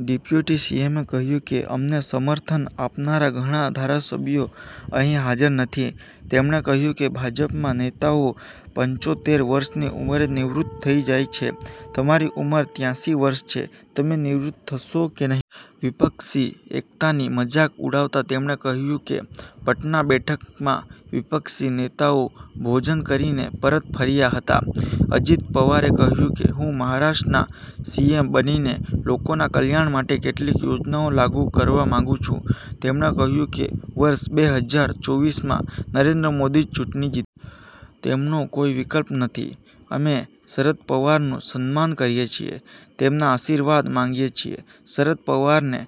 Deputy સીએમે કહ્યું કે અમને સમર્થન આપનારા ઘણા ધારાસભ્યો અહીં હાજર નથી. તેમણે કહ્યું કે ભાજપમાં નેતાઓ પંચોત્તેર વર્ષની ઉંમરે નિવૃત્ત થઇ જાય છે. તમારી ઉંમર ત્યાંસી વર્ષ છે. તમે નિવૃત્ત થશો કે નહીં? વિપક્ષી એકતાની મજાક ઉડાવતા તેમણે કહ્યું કે પટના બેઠકમાં વિપક્ષી નેતાઓ ભોજન કરીને પરત ફર્યા હતા. અજીત પવારે કહ્યું કે હું મહારાષ્ટ્રના સીએમ બનીને લોકોના કલ્યાણ માટે કેટલીક યોજનાઓ લાગુ કરવા માંગુ છું. તેમણે કહ્યું કે વર્ષ બે હજાર ચોવીસ માં નરેન્દ્ર મોદી જ ચૂંટણી જીતશે. તેમનો કોઈ વિકલ્પ નથી. અમે શરદ પવારનું સન્માન કરીએ છીએ, તેમના આશીર્વાદ માંગીએ છીએ. શરદ પવારને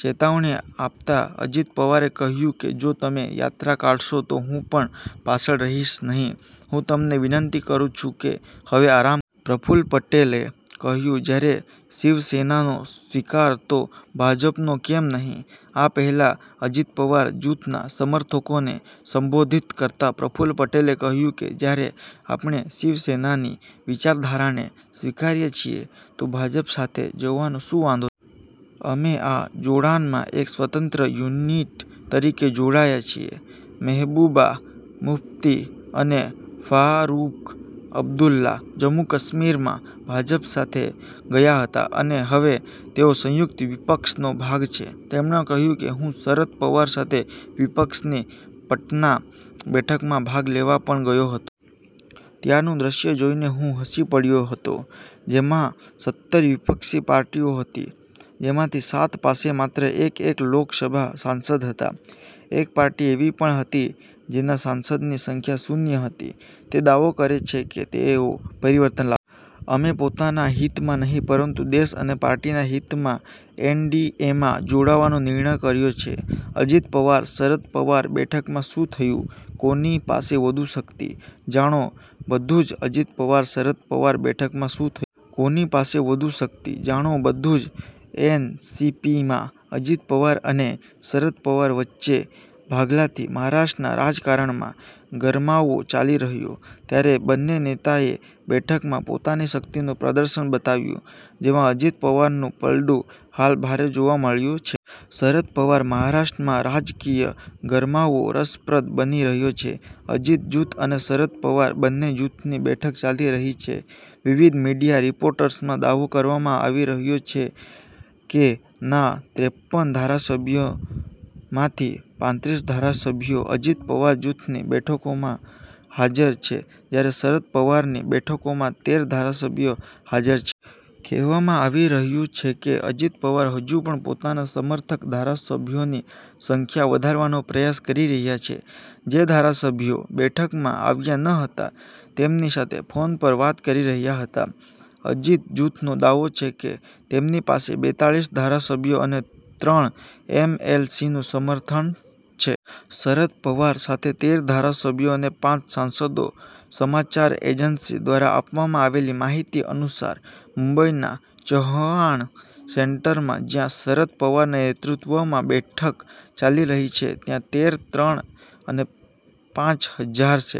ચેતવણી આપતા અજીત પવારે કહ્યું કે જો તમે યાત્રા કાઢશો તો હું પણ પાછળ રહીશ નહીં. હું તમને વિનંતી કરું છું કે હવે આરામ કરો. પ્રફુલ્લ પટેલે કહ્યું જ્યારે શિવસેનાનો સ્વીકાર તો ભાજપનો કેમ નહીં? આ પહેલા અજિત પવાર જૂથના સમર્થકોને સંબોધિત કરતા પ્રફુલ પટેલે કહ્યું કે જ્યારે આપણે શિવસેનાની વિચારધારાને સ્વીકારી શકીએ છીએ તો ભાજપ સાથે જવામાં શું વાંધો છે. અમે આ જોડાણમાં એક સ્વતંત્ર યુનિટ તરીકે જોડાયા છીએ. મહેબૂબા મુફ્તી અને ફારૂક અબ્દુલ્લા જમ્મુ-કાશ્મીરમાં ભાજપ સાથે ગયા હતા અને હવે તેઓ સંયુક્ત વિપક્ષનો ભાગ છે. તેમણે કહ્યું કે હું શરદ પવાર સાથે વિપક્ષની પટના બેઠકમાં ભાગ લેવા પણ ગયો હતો. ત્યાંનું દ્રશ્ય જોઈને હું હસી પડ્યો હતો. જેમાંસત્તર વિપક્ષી પાર્ટીઓ હતી, જેમાંથી સાત પાસે માત્ર એક-એક લોકસભા સાંસદ હતા. એક પાર્ટી એવી પણ હતી જેના સાંસદોની સંખ્યા શૂન્ય હતી. તે દાવો કરે છે કે તેઓ પરિવર્તન લાવશે. અમે પોતાના હિતમાં નહીં પરંતુ દેશ અને પાર્ટીના હિતમાં એનડીએમાં જોડાવાનો નિર્ણય કર્યો છે. અજિત પવાર શરદ પવાર, બેઠકમાં શું થયું? કોની પાસે વધુ શક્તિ? જાણો બધુ જ અજિત પવાર શરદ પવાર, બેઠકમાં શું થયું? કોની પાસે વધુ શક્તિ? જાણો બધુ જ એનસીપીમાં અજિત પવાર અને શરદ પવાર વચ્ચે ભાગલાથી મહારાષ્ટ્રના રાજકારણમાં ગરમાવો ચાલી રહ્યો, ત્યારે બંને નેતાએ બેઠકમાં પોતાની શક્તિનું પ્રદર્શન બતાવ્યું, જેમાં અજિત પવારનું પલડું હાલ ભારે જોવા મળી રહ્યું છે. શરદ પવાર મહારાષ્ટ્ર માં રાજકીય ગરમાવો રસપ્રદ બની રહ્યો છે. અજિત જૂથ અને શરદ પવાર બંને જૂથની બેઠક ચાલી રહી છે. વિવિધ મીડિયા રિપોર્ટ્સમાં દાવો કરવામાં આવી રહ્યો છે કે ના ત્રેપ્પન ધારાસભ્યોમાંથી પાંત્રીસ ધારાસભ્યો અજિત પવાર જૂથની બેઠકમાં હાજર છે, જ્યારે શરદ પવારની બેઠકમાં તેર ધારાસભ્યો હાજર છે. કહેવામાં આવી રહ્યું છે કે, અજિત પવાર હજુ પણ પોતાના સમર્થક ધારાસભ્યોની સંખ્યા વધારવાનો પ્રયાસ કરી રહ્યા છે. જે ધારાસભ્યો બેઠકમાં આવ્યા ન હતા તેમની સાથે ફોન પર વાત કરી રહ્યા હતા. અજિત જૂથનો દાવો છે કે, તેમની પાસે બેતાળીસ ધારાસભ્યો અને ત્રણ એમએલસીનું સમર્થન છે. શરદ પવાર સાથે તેર ધારાસભ્યો અને પાંચ સાંસદો સમાચાર એજન્સી દ્વારા આપવામાં આવેલી માહિતી અનુસાર, મુંબઈના ચવ્હાણ સેન્ટરમાં જ્યાં શરદ પવારના નેતૃત્વમાં બેઠક ચાલી રહી છે ત્યાં તેર, ત્રણ અને પાંચ હાજર છે.